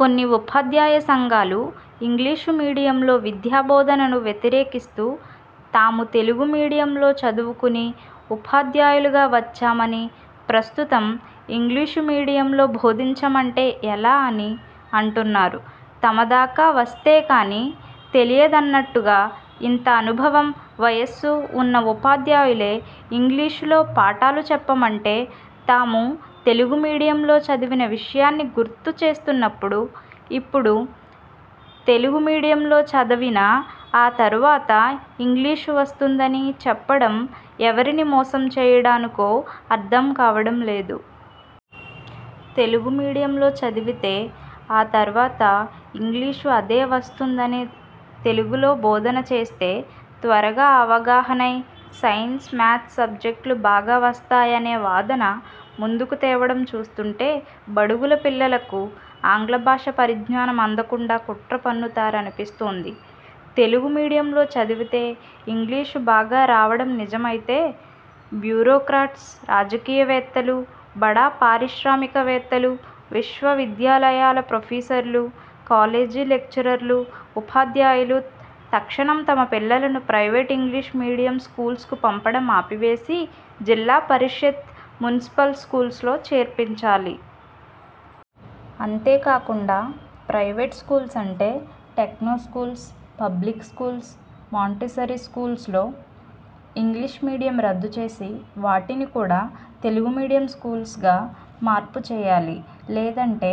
కొన్ని ఉపాధ్యాయ సంఘాలు ఇంగ్లీషు మీడియంలో విద్యా బోధనను వ్యతిరేకిస్తూ తాము తెలుగు మీడియంలో చదువుకొని ఉపాధ్యాయులుగా వచ్చామని, ప్రస్తుతం ఇంగ్లీషు మీడియంలో బోధించమంటే ఎలా అని అంటున్నారు. తమదాకా వస్తే కానీ తెలియదన్నట్టుగా ఇంత అనుభవం, వయస్సు వున్న ఉపాధ్యాయులే ఇంగ్లీషు లో పాఠాలు చెప్పమంటే తాము తెలుగుమీడియంలో చదివిన విషయాన్ని గుర్తు చేస్తున్నప్పుడు ఇప్పుడు తెలుగు మీడియంలో చదివినా ఆ తర్వాత ఇంగ్లీషు వస్తుందని చెప్పడం ఎవరిని మోసం చేయడానికో అర్థం కావడం లేదు. తెలుగు మీడియంలో చదివితే ఆ తర్వాత ఇంగ్లీషు అదే వస్తుందనే, తెలుగులో భోధన చేస్తే త్వరగా అవగాహనై సైన్స్, మ్యాథ్స్ సబ్జెక్ట్లు బాగా వస్తాయనే వాదన ముందుకు తేవడం చూస్తుంటే బడుగుల పిల్లలకు ఆంగ్ల భాష పరిజ్ఞానం అందకుండా కుట్రపన్నుతున్నారనిపిస్తోంది. తెలుగు మీడియంలో చదివితే ఇంగ్లీషు బాగా రావడం నిజమైతే బ్యూరోక్రాట్స్, రాజకీయవేత్తలు, బడా పారిశ్రామిక వేత్తలు, విశ్వ విద్యాలయాల ప్రొఫెసర్లు, కాలేజీ లెక్చరర్లు, ఉపాధ్యాయులు తక్షణం తమ పిల్లలను ప్రైవేటు ఇంగ్లీషు మీడియం స్కూల్స్కు పంపడం ఆపివేసి, జిల్లా పరిషత్, మున్సిపల్ స్కూల్స్లో చేర్పించాలి. అంతే కాకుండా ప్రైవేట్ స్కూల్స్అంటే techno schools, public schools, Montessori స్కూల్స్లో ఇంగ్లీషు మీడియం రద్దు చేసి వాటిని కూడా తెలుగు మీడియం స్కూల్స్గా మార్పు చేయాలి. లేదంటే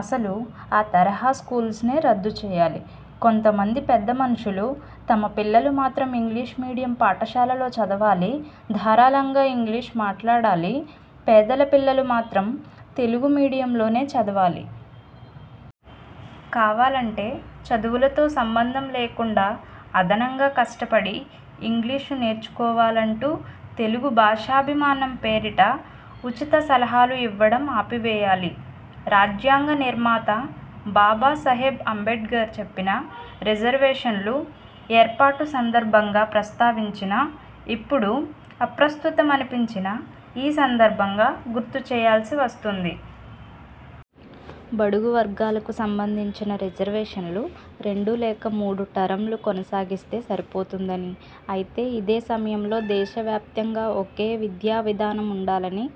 అసలు ఆ తరహా స్కూల్స్నే రద్దు చేయాలి. కొంత మంది పెద్ద మనుషులు తమ పిల్లలు మాత్రం ఇంగ్లీషు మీడియం పాఠశాలలో చదవాలి, ధారాళంగా ఇంగ్లీషు మాట్లాడాలి, పేదల పిల్లలు మాత్రం తెలుగు మీడియం లోనే చదవాలి. కావాలంటే చదువులతో సంబంధం లేకుండా అదనంగా కష్టపడి ఇంగ్లీషు నేర్చుకోవాలంటూ తెలుగు భాషాభిమానం పేరిట ఉచిత సలహాలు ఇవ్వడం ఆపివేయాలి. రాజ్యాంగ నిర్మాత బాబా సాహెబ్ అంబేడ్కర్ చెప్పిన రిజర్వేషన్లు ఏర్పాటు సందర్భంగా ప్రస్తావించిన ఇప్పుడు అప్రస్తుత మనిపించినా ఈ సందర్భంగా గుర్తు చేయాల్సి వస్తోంది. బడుగు వర్గాలకు సంబంధించిన రిజర్వేషన్లు రెండు లేక మూడు టరమ్లు కొనసాగిస్తే సరిపోతుందని, అయితే ఇదే సమయంలో దేశవ్యాప్తంగా ఒకే విద్యావిధానం వుండాలని,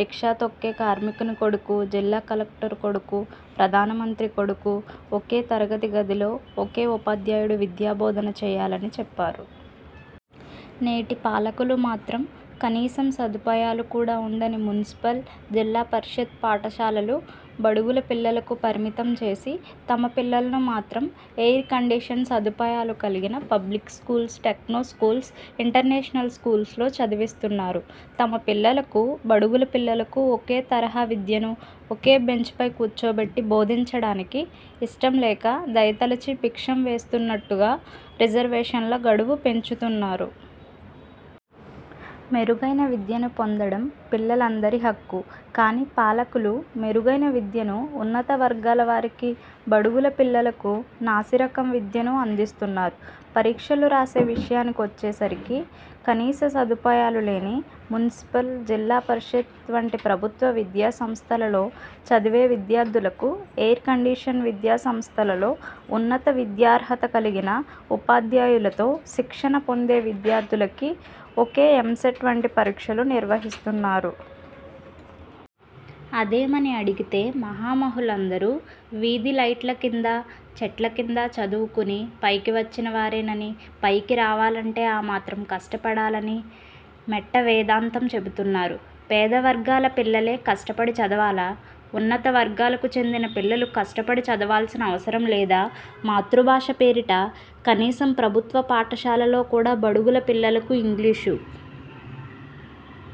రిక్షా తొక్కే కార్మికుని కొడుకు, జిల్లా కలెక్టరు కొడుకు, ప్రధాన మంత్రి కొడుకు ఒకే తరగతి గదిలో, ఒకే ఉపాధ్యాయుడు విద్యాబోధన చేయాలని చెప్పారు. నేటి పాలకులు మాత్రం కనీసం సదుపాయాలు కూడా వుండని మున్సిపల్, జిల్లా పరిషత్ పాఠశాలలు బడుగుల పిల్లలకు పరిమితం చేసి తమ పిల్లలను మాత్రం ఎయిర్ కండిషన్ సదుపాయాలు కలిగిన పబ్లిక్ స్కూల్స్, టెక్నోస్కూల్స్, ఇంటర్నేషనల్స్ స్కూల్స్లో చదివిస్తున్నారు. తమ పిల్లలకు, బడుగుల పిల్లలకు ఒకే తరహా విద్యను, ఒకే బెంచ్పై కూర్చోపెట్టి బోధించడానికి ఇష్టం లేక దయ తలచి భిక్షం వేస్తున్నట్టుగా రిజర్వేషన్ల గడువు పెంచుతున్నారు. మెరుగైన విద్యను పొందడం పిల్లలందరి హక్కు. కానీ పాలకులు మెరుగైన విద్యను ఉన్నత వర్గాల వారికి, బడుగుల పిల్లలకు నాసి రకం విద్యను అందిస్తున్నారు. పరీక్షలు రాసే విషయానికి వచ్చే సరికి కనీస సదుపాయాలు లేని మున్సిపల్, జిల్లా పరిషత్ వంటి ప్రభుత్వ విద్యాసంస్థలలో చదివే విద్యార్థులకు, ఎయిర్కండిషన్ విద్యా సంస్థలలో, ఉన్నత విద్యార్హత కలిగిన ఉపాధ్యాయులతో శిక్షణ పొందే విద్యార్ధులకి ఒకే ఎంసెట్ వంటి పరీక్షలు నిర్వహిస్తున్నారు. అదేమని అడిగితే మహా మహులందరూ వీధి లైట్ల కింద, చెట్ల కింద చదువుకొని పైకి వచ్చిన వారేనని, పైకి రావాలంటే ఆ మాత్రం కష్టపడాలని మెట్ట వేదాంతం చెబుతున్నారు. పేదవర్గాల పిల్లలే కష్టపడి చదవాలా? ఉన్నత వర్గాలకు చెందిన పిల్లలు కష్టపడి చదవాల్సిన అవసరం లేదా? మాతృభాష పేరిట కనీసం ప్రభుత్వ పాఠశాలలో కూడా బడుగుల పిల్లలకు ఇంగ్లీషు